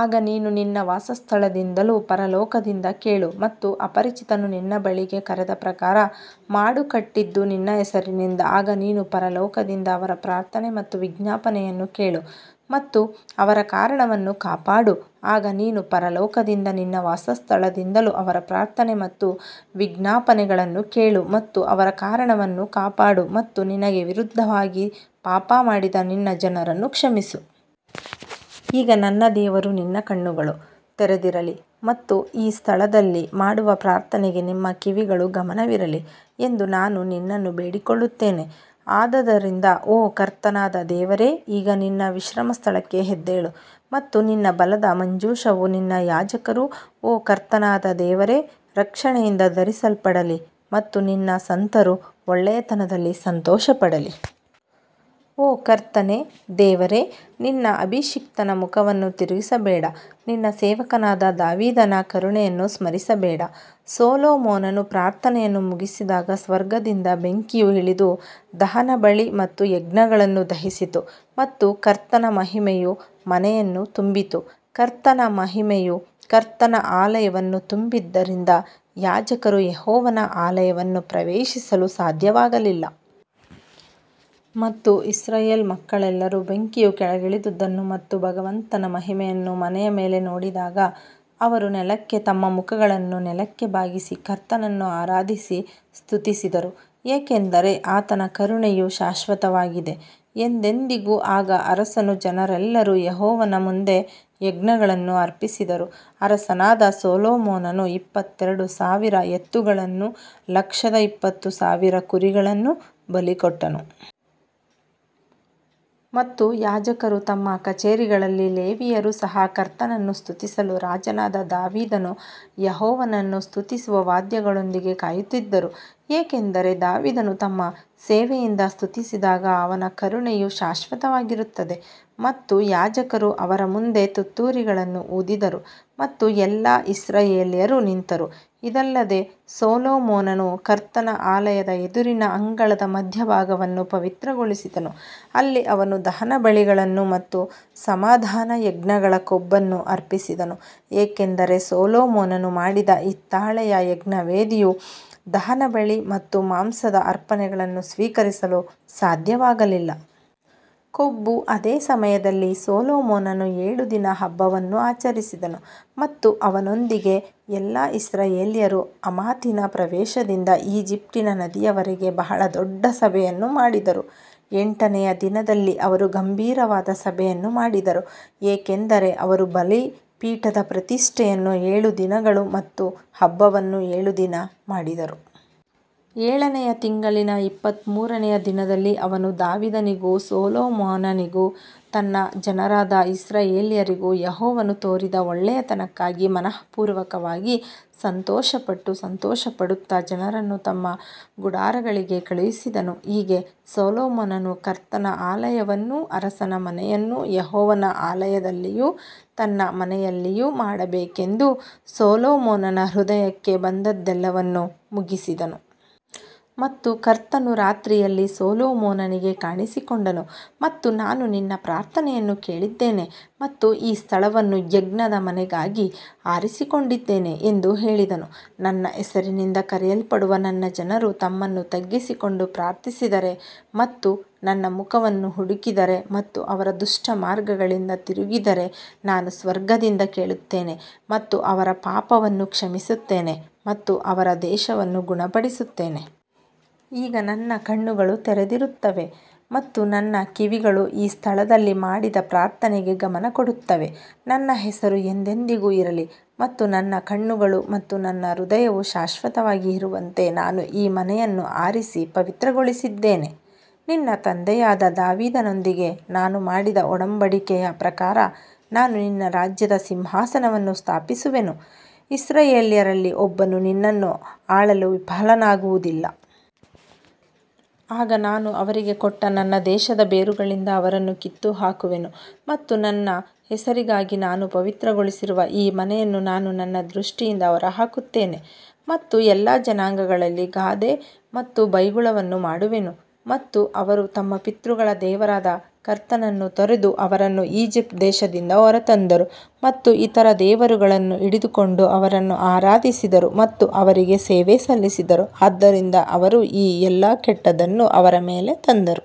ಆಗ ನೀನು ನಿನ್ನ ವಾಸಸ್ಥಳದಿಂದಲೂ ಪರಲೋಕದಿಂದ ಕೇಳು ಮತ್ತು ಅಪರಿಚಿತನು ನಿನ್ನ ಬಳಿಗೆ ಕರೆದ ಪ್ರಕಾರ ಮಾಡು ಕಟ್ಟಿದ್ದು ನಿನ್ನ ಹೆಸರಿನಿಂದ ಆಗ ನೀನು ಪರಲೋಕದಿಂದ ಅವರ ಪ್ರಾರ್ಥನೆ ಮತ್ತು ವಿಜ್ಞಾಪನೆಯನ್ನು ಕೇಳು ಮತ್ತು ಅವರ ಕಾರಣವನ್ನು ಕಾಪಾಡು ಆಗ ನೀನು ಪರಲೋಕದಿಂದ ನಿನ್ನ ವಾಸಸ್ಥಳದಿಂದಲೂ ಅವರ ಪ್ರಾರ್ಥನೆ ಮತ್ತು ವಿಜ್ಞಾಪನೆಗಳನ್ನು ಕೇಳು ಮತ್ತು ಅವರ ಕಾರಣವನ್ನು ಕಾಪಾಡು ಮತ್ತು ನಿನಗೆ ವಿರುದ್ಧವಾಗಿ ಪಾಪ ಮಾಡಿದ ನಿನ್ನ ಜನರನ್ನು ಕ್ಷಮಿಸು. ಈಗ ನನ್ನ ದೇವರು ನಿನ್ನ ಕಣ್ಣುಗಳು ತೆರೆದಿರಲಿ ಮತ್ತು ಈ ಸ್ಥಳದಲ್ಲಿ ಮಾಡುವ ಪ್ರಾರ್ಥನೆಗೆ ನಿಮ್ಮ ಕಿವಿಗಳು ಗಮನವಿರಲಿ ಎಂದು ನಾನು ನಿನ್ನನ್ನು ಬೇಡಿಕೊಳ್ಳುತ್ತೇನೆ. ಆದದರಿಂದ ಓ ಕರ್ತನಾದ ದೇವರೇ ಈಗ ನಿನ್ನ ವಿಶ್ರಮಸ್ಥಳಕ್ಕೆ ಎದ್ದೇಳು ಮತ್ತು ನಿನ್ನ ಬಲದ ಮಂಜೂಷವು ನಿನ್ನ ಯಾಜಕರು ಓ ಕರ್ತನಾದ ದೇವರೇ ರಕ್ಷಣೆಯಿಂದ ಧರಿಸಲ್ಪಡಲಿ ಮತ್ತು ನಿನ್ನ ಸಂತರು ಒಳ್ಳೆಯತನದಲ್ಲಿ ಸಂತೋಷಪಡಲಿ. ಓ ಕರ್ತನೇ ದೇವರೇ ನಿನ್ನ ಅಭಿಷಿಕ್ತನ ಮುಖವನ್ನು ತಿರುಗಿಸಬೇಡ ನಿನ್ನ ಸೇವಕನಾದ ದಾವೀದನ ಕರುಣೆಯನ್ನು ಸ್ಮರಿಸಬೇಡ ಸೊಲೊಮೋನನು ಪ್ರಾರ್ಥನೆಯನ್ನು ಮುಗಿಸಿದಾಗ ಸ್ವರ್ಗದಿಂದ ಬೆಂಕಿಯು ಇಳಿದು ದಹನಬಲಿ ಮತ್ತು ಯಜ್ಞಗಳನ್ನು ದಹಿಸಿತು ಮತ್ತು ಕರ್ತನ ಮಹಿಮೆಯು ಮನೆಯನ್ನು ತುಂಬಿತು. ಕರ್ತನ ಮಹಿಮೆಯು ಕರ್ತನ ಆಲಯವನ್ನು ತುಂಬಿದ್ದರಿಂದ ಯಾಜಕರು ಯೆಹೋವನ ಆಲಯವನ್ನು ಪ್ರವೇಶಿಸಲು ಸಾಧ್ಯವಾಗಲಿಲ್ಲ. ಮತ್ತು ಇಸ್ರಾಯೇಲ್ ಮಕ್ಕಳೆಲ್ಲರೂ ಬೆಂಕಿಯು ಕೆಳಗಿಳಿದದನ್ನು ಮತ್ತು ಭಗವಂತನ ಮಹಿಮೆಯನ್ನು ಮನೆಯ ಮೇಲೆ ನೋಡಿದಾಗ ಅವರು ನೆಲಕ್ಕೆ ತಮ್ಮ ಮುಖಗಳನ್ನು ನೆಲಕ್ಕೆ ಬಾಗಿಸಿ, ಕರ್ತನನ್ನು ಆರಾಧಿಸಿ ಸ್ತುತಿಸಿದರು, ಏಕೆಂದರೆ ಆತನ ಕರುಣೆಯು ಶಾಶ್ವತವಾಗಿದೆ. ಎಂದೆಂದಿಗೂ ಆಗ ಅರಸನೂ ಜನರೆಲ್ಲರೂ ಯೆಹೋವನ ಮುಂದೆ ಯಜ್ಞಗಳನ್ನು ಅರ್ಪಿಸಿದರು ಅರಸನಾದ ಸೊಲೊಮೋನನು ಇಪ್ಪತ್ತೆರಡು ಸಾವಿರ ಎತ್ತುಗಳನ್ನೂ ಲಕ್ಷದ ಇಪ್ಪತ್ತು ಸಾವಿರ ಕುರಿಗಳನ್ನೂ ಬಲಿಕೊಟ್ಟನು. ಮತ್ತು ಯಾಜಕರು ತಮ್ಮ ಕಚೇರಿಗಳಲ್ಲಿ ಲೇವಿಯರು ಸಹ ಕರ್ತನನ್ನು ಸ್ತುತಿಸಲು ರಾಜನಾದ ದಾವೀದನು ಯೆಹೋವನನ್ನು ಸ್ತುತಿಸುವ ವಾದ್ಯಗಳೊಂದಿಗೆ ಕಾಯುತ್ತಿದ್ದರು, ಏಕೆಂದರೆ ದಾವೀದನು ತಮ್ಮ ಸೇವೆಯಿಂದ ಸ್ತುತಿಸಿದಾಗ ಅವನ ಕರುಣೆಯು ಶಾಶ್ವತವಾಗಿರುತ್ತದೆ ಮತ್ತು ಯಾಜಕರು ಅವರ ಮುಂದೆ ತುತ್ತೂರಿಗಳನ್ನು ಊದಿದರು ಮತ್ತು ಎಲ್ಲಾ ಇಸ್ರಾಯೇಲ್ಯರು ನಿಂತರು. ಇದಲ್ಲದೆ ಸೊಲೊಮೋನನು ಕರ್ತನ ಆಲಯದ ಎದುರಿನ ಅಂಗಳದ ಮಧ್ಯಭಾಗವನ್ನು ಪವಿತ್ರಗೊಳಿಸಿದನು, ಅಲ್ಲಿ ಅವನು ದಹನಬಲಿಗಳನ್ನು ಮತ್ತು ಸಮಾಧಾನಯಜ್ಞಗಳ ಕೊಬ್ಬನ್ನು ಅರ್ಪಿಸಿದನು ಏಕೆಂದರೆ ಸೊಲೊಮೋನನು ಮಾಡಿದ ಹಿತ್ತಾಳೆಯ ಯಜ್ಞವೇದಿಯು ದಹನಬಲಿ ಮತ್ತು ಮಾಂಸದ ಅರ್ಪಣೆಗಳನ್ನು ಸ್ವೀಕರಿಸಲು ಸಾಧ್ಯವಾಗಲಿಲ್ಲ. ಕೊಬ್ಬು ಅದೇ ಸಮಯದಲ್ಲಿ ಸೊಲೊಮೋನನು ಏಳು ದಿನ ಹಬ್ಬವನ್ನು ಆಚರಿಸಿದನು ಮತ್ತು ಅವನೊಂದಿಗೆ ಎಲ್ಲಾ ಇಸ್ರಾಯೇಲ್ಯರು ಹಮಾತಿನ ಪ್ರವೇಶದಿಂದ ಈಜಿಪ್ಟಿನ ನದಿಯವರೆಗೆ ಬಹಳ ದೊಡ್ಡ ಸಭೆಯನ್ನು ಮಾಡಿದರು. ಎಂಟನೆಯ ದಿನದಲ್ಲಿ ಅವರು ಗಂಭೀರವಾದ ಸಭೆಯನ್ನು ಮಾಡಿದರು ಏಕೆಂದರೆ ಅವರು ಬಲಿಪೀಠದ ಪ್ರತಿಷ್ಠೆಯನ್ನು ಏಳು ದಿನಗಳು ಮತ್ತು ಹಬ್ಬವನ್ನು ಏಳು ದಿನ ಮಾಡಿದರು. ಏಳನೆಯ ತಿಂಗಳಿನ ಇಪ್ಪತ್ತಮೂರನೆಯ ದಿನದಲ್ಲಿ ಅವನು ದಾವೀದನಿಗೂ ಸೊಲೊಮೋನನಿಗೂ ತನ್ನ ಜನರಾದ ಇಸ್ರಾಯೇಲ್ಯರಿಗೂ ಯೆಹೋವನು ತೋರಿದ ಒಳ್ಳೇತನಕ್ಕಾಗಿ ಮನಃಪೂರ್ವಕವಾಗಿ ಸಂತೋಷಪಟ್ಟು ಸಂತೋಷಪಡುತ್ತಾ ಜನರನ್ನು ತಮ್ಮ ಗುಡಾರಗಳಿಗೆ ಕಳುಹಿಸಿದನು. ಹೀಗೆ ಸೊಲೊಮೋನನು ಕರ್ತನ ಆಲಯವನ್ನೂ ಅರಸನ ಮನೆಯನ್ನೂ ಯೆಹೋವನ ಆಲಯದಲ್ಲಿಯೂ ತನ್ನ ಮನೆಯಲ್ಲಿಯೂ ಮಾಡಬೇಕೆಂದು ಸೊಲೊಮೋನನ ಹೃದಯಕ್ಕೆ ಬಂದದ್ದೆಲ್ಲವನ್ನೂ ಮುಗಿಸಿದನು. ಮತ್ತು ಕರ್ತನು ರಾತ್ರಿಯಲ್ಲಿ ಸೊಲೊಮೋನನಿಗೆ ಕಾಣಿಸಿಕೊಂಡನು ಮತ್ತು ನಾನು ನಿನ್ನ ಪ್ರಾರ್ಥನೆಯನ್ನು ಕೇಳಿದ್ದೇನೆ ಮತ್ತು ಈ ಸ್ಥಳವನ್ನು ಯಜ್ಞದ ಮನೆಗಾಗಿ ಆರಿಸಿಕೊಂಡಿದ್ದೇನೆ ಎಂದು ಹೇಳಿದನು. ನನ್ನ ಹೆಸರಿನಿಂದ ಕರೆಯಲ್ಪಡುವ ನನ್ನ ಜನರು ತಮ್ಮನ್ನು ತಗ್ಗಿಸಿಕೊಂಡು ಪ್ರಾರ್ಥಿಸಿದರೆ ಮತ್ತು ನನ್ನ ಮುಖವನ್ನು ಹುಡುಕಿದರೆ ಮತ್ತು ಅವರ ದುಷ್ಟ ಮಾರ್ಗಗಳಿಂದ ತಿರುಗಿದರೆ ನಾನು ಸ್ವರ್ಗದಿಂದ ಕೇಳುತ್ತೇನೆ ಮತ್ತು ಅವರ ಪಾಪವನ್ನು ಕ್ಷಮಿಸುತ್ತೇನೆ ಮತ್ತು ಅವರ ದೇಶವನ್ನು ಗುಣಪಡಿಸುತ್ತೇನೆ. ಈಗ ನನ್ನ ಕಣ್ಣುಗಳು ತೆರೆದಿರುತ್ತವೆ ಮತ್ತು ನನ್ನ ಕಿವಿಗಳು ಈ ಸ್ಥಳದಲ್ಲಿ ಮಾಡಿದ ಪ್ರಾರ್ಥನೆಗೆ ಗಮನ ಕೊಡುತ್ತವೆ ನನ್ನ ಹೆಸರು ಎಂದೆಂದಿಗೂ ಇರಲಿ ಮತ್ತು ನನ್ನ ಕಣ್ಣುಗಳು ಮತ್ತು ನನ್ನ ಹೃದಯವು ಶಾಶ್ವತವಾಗಿ ಇರುವಂತೆ ನಾನು ಈ ಮನೆಯನ್ನು ಆರಿಸಿ ಪವಿತ್ರಗೊಳಿಸಿದ್ದೇನೆ. ನಿನ್ನ ತಂದೆಯಾದ ದಾವೀದನೊಂದಿಗೆ ನಾನು ಮಾಡಿದ ಒಡಂಬಡಿಕೆಯ ಪ್ರಕಾರ ನಾನು ನಿನ್ನ ರಾಜ್ಯದ ಸಿಂಹಾಸನವನ್ನು ಸ್ಥಾಪಿಸುವೆನು, ಇಸ್ರಾಯೇಲ್ಯರಲ್ಲಿ ಒಬ್ಬನು ನಿನ್ನನ್ನು ಆಳಲು ವಿಫಲನಾಗುವುದಿಲ್ಲ. ಆಗ ನಾನು ಅವರಿಗೆ ಕೊಟ್ಟ ನನ್ನ ದೇಶದ ಬೇರುಗಳಿಂದ ಅವರನ್ನು ಕಿತ್ತುಹಾಕುವೆನು ಮತ್ತು ನನ್ನ ಹೆಸರಿಗಾಗಿ ನಾನು ಪವಿತ್ರಗೊಳಿಸಿರುವ ಈ ಮನೆಯನ್ನು ನಾನು ನನ್ನ ದೃಷ್ಟಿಯಿಂದ ಹೊರಹಾಕುತ್ತೇನೆ ಮತ್ತು ಎಲ್ಲಾ ಜನಾಂಗಗಳಲ್ಲಿ ಗಾದೆ ಮತ್ತು ಬೈಗುಳವನ್ನು ಮಾಡುವೆನು. ಮತ್ತು ಅವರು ತಮ್ಮ ಪಿತೃಗಳ ದೇವರಾದ ಕರ್ತನನ್ನು ತೊರೆದು ಅವರನ್ನು ಈಜಿಪ್ಟ್ ದೇಶದಿಂದ ಹೊರತಂದರು ಮತ್ತು ಇತರ ದೇವರುಗಳನ್ನು ಹಿಡಿದುಕೊಂಡು ಅವರನ್ನು ಆರಾಧಿಸಿದರು ಮತ್ತು ಅವರಿಗೆ ಸೇವೆ ಸಲ್ಲಿಸಿದರು, ಆದ್ದರಿಂದ ಅವರು ಈ ಎಲ್ಲಾ ಕೆಟ್ಟದ್ದನ್ನು ಅವರ ಮೇಲೆ ತಂದರು.